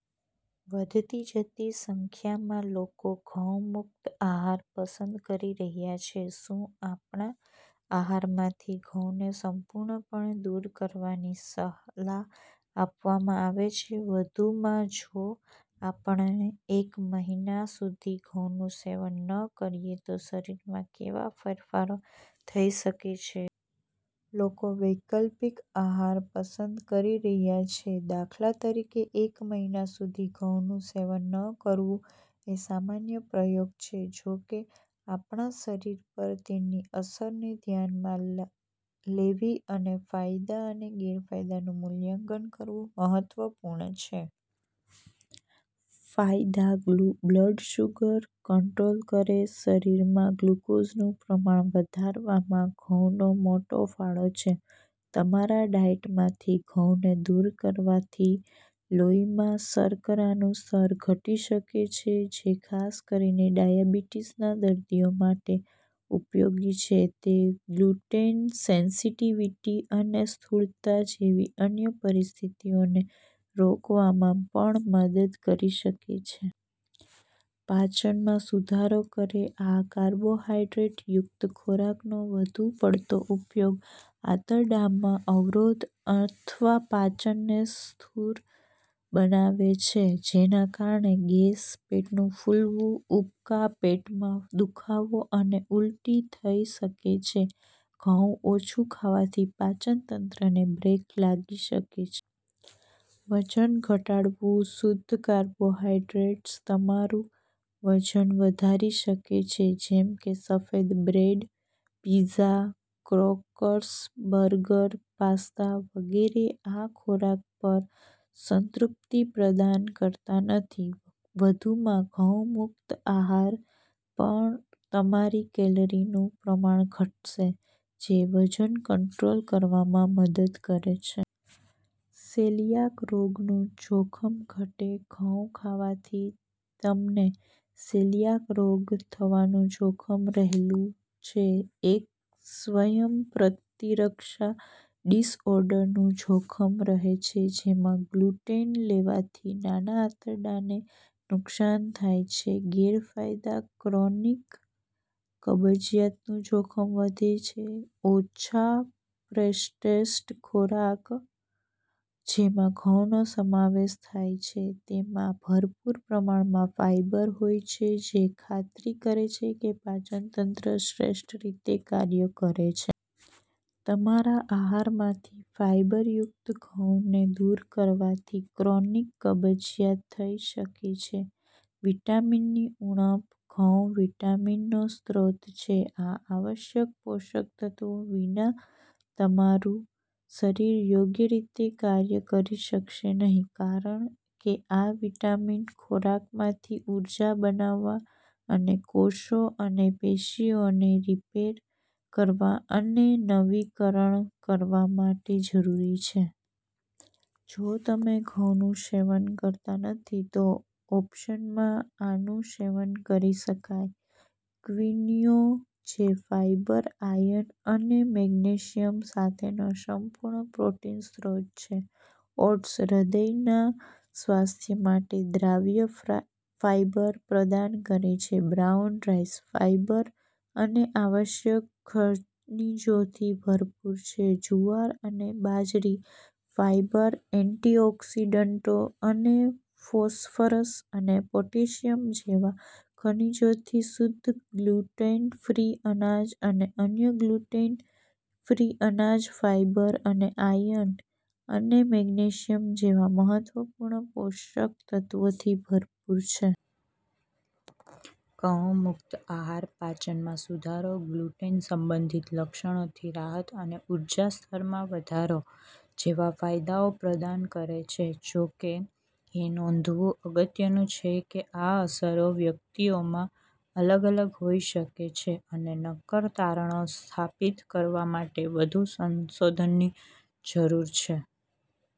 વધતી જતી સંખ્યામાં લોકો ઘઉં-મુક્ત આહાર પસંદ કરી રહ્યા છે. શું આપણા આહારમાંથી ઘઉંને સંપૂર્ણપણે દૂર કરવાની સલાહ આપવામાં આવે છે? વધુમાં, જો આપણે એક મહિના સુધી ઘઉંનું સેવન ન કરીએ તો શરીરમાં કેવા ફેરફારો થઈ શકે છે? લોકો વૈકલ્પિક આહાર પસંદ કરી રહ્યા છે, દાખલા તરીકે, એક મહિના સુધી ઘઉંનું સેવન ન કરવું એ સામાન્ય પ્રયોગ છે. જો કે, આપણા શરીર પર તેની અસરને ધ્યાનમાં લેવી અને ફાયદા અને ગેરફાયદાનું મૂલ્યાંકન કરવું મહત્વપૂર્ણ છે. ફાયદા: બ્લડ સુગર કંટ્રોલ કરે, શરીરમાં ગ્લુકોઝનું પ્રમાણ વધારવામાં ઘઉંનો મોટો ફાળો છે. તમારા ડાયટમાંથી ઘઉંને દૂર કરવાથી લોહીમાં શર્કરાનું સ્તર ઘટી શકે છે, જે ખાસ કરીને ડાયાબિટીસના દર્દીઓ માટે ઉપયોગી છે. તે ગ્લુટેન સેન્સિટિવિટી અને સ્થૂળતા જેવી અન્ય પરિસ્થિતિઓને રોકવામાં પણ મદદ કરી શકે છે. પાચનમાં સુધારો કરે, આ કાર્બોહાઇડ્રેટયુક્ત ખોરાકનો વધુ પડતો ઉપયોગ આંતરડામાં અવરોધ અથવા પાચનને સુસ્ત બનાવે છે, જેના કારણે ગેસ, પેટનું ફૂલવું, ઉબકા, પેટમાં દુખાવો અને ઉલટી થઈ શકે છે. ઘઉં ઓછું ખાવાથી પાચનતંત્રને બ્રેક લાગી શકે છે. વજન ઘટાડવું, શુદ્ધ કાર્બોહાઇડ્રેટ્સ તમારું વજન વધારી શકે છે, જેમ કે સફેદ bread, pizza, crackers, burger, pasta વગેરે. આ ખોરાક પણ સંતૃપ્તિ પ્રદાન કરતા નથી. વધુમાં, ઘઉં-મુક્ત આહાર પર તમારી કેલરીનું પ્રમાણ ઘટશે, જે વજન કંટ્રોલ કરવામાં મદદ કરે છે. સેલિયાક રોગનું જોખમ ઘટે, ઘઉં ખાવાથી તમને સેલિયાક રોગ થવાનું જોખમ રહેલું છે, એક સ્વયંપ્રતિરક્ષા ડિસઓર્ડરનું જોખમ રહે છે, જેમાં ગ્લુટેન લેવાથી નાના આંતરડાને નુકસાન થાય છે. ગેરફાયદા:ક્રોનિક કબજિયાતનું જોખમ વધે, ઓછા પ્રોસેસ્ડ ખોરાક જેમાં ઘઉંનો સમાવેશ થાય છે તેમાં ભરપૂર પ્રમાણમાં ફાઇબર હોય છે, જે ખાતરી કરે છે કે પાચનતંત્ર શ્રેષ્ઠ રીતે કાર્ય કરે છે. તમારા આહારમાંથી ફાઈબરયુક્ત ઘઉંને દૂર કરવાથી ક્રોનિક કબજિયાત થઈ શકે છે. વિટામિન ની ઉણપ, ઘઉં વિટામિન નો સ્ત્રોત છે. આ આવશ્યક પોષક તત્ત્વો વિના, તમારું શરીર યોગ્ય રીતે કાર્ય કરી શકશે નહીં કારણ કે આ વિટામિન ખોરાકમાંથી ઊર્જા બનાવવા અને કોષો અને પેશીઓને રિપેર કરવા અને નવીકરણ કરવા માટે જરૂરી છે. જો તમે ઘઉંનું સેવન કરતા નથી તો ઓપ્શનમાં આનું સેવન કરી શકાય: ક્વિનોઆ જે ફાઇબર, આયર્ન અને મેગ્નેશિયમ સાથેનો સંપૂર્ણ પ્રોટીન સ્ત્રોત છે, ઓટ્સ: હૃદયના સ્વાસ્થ્ય માટે દ્રાવ્ય ફાઇબર પ્રદાન કરે છે, બ્રાઉન રાઈસ: ફાઈબર અને આવશ્યક ખનિજોથી ભરપૂર છે, જુવાર અને બાજરી: ફાઇબર, એન્ટીઑકિસડન્ટો અને ફોસ્ફરસ અને પોટેશિયમ જેવા ખનિજોથી સમૃદ્ધ ગ્લુટેન ફ્રી અનાજ અને અન્ય ગ્લુટેન ફ્રી અનાજ ફાઇબર અને આયર્ન અને મેગ્નેશિયમ જેવા મહત્વપૂર્ણ પોષક તત્વોથી ભરપૂર છે. ઘઉં-મુક્ત આહાર પાચનમાં સુધારો, ગ્લુટેન-સંબંધિત લક્ષણોથી રાહત અને ઉર્જા સ્તરમાં વધારો જેવા ફાયદાઓ પ્રદાન કરે છે. જો કે, એ નોંધવું અગત્યનું છે કે આ અસરો વ્યક્તિઓમાં અલગ અલગ હોઈ શકે છે, અને નક્કર તારણો સ્થાપિત કરવા માટે વધુ સંશોધનની જરૂર છે.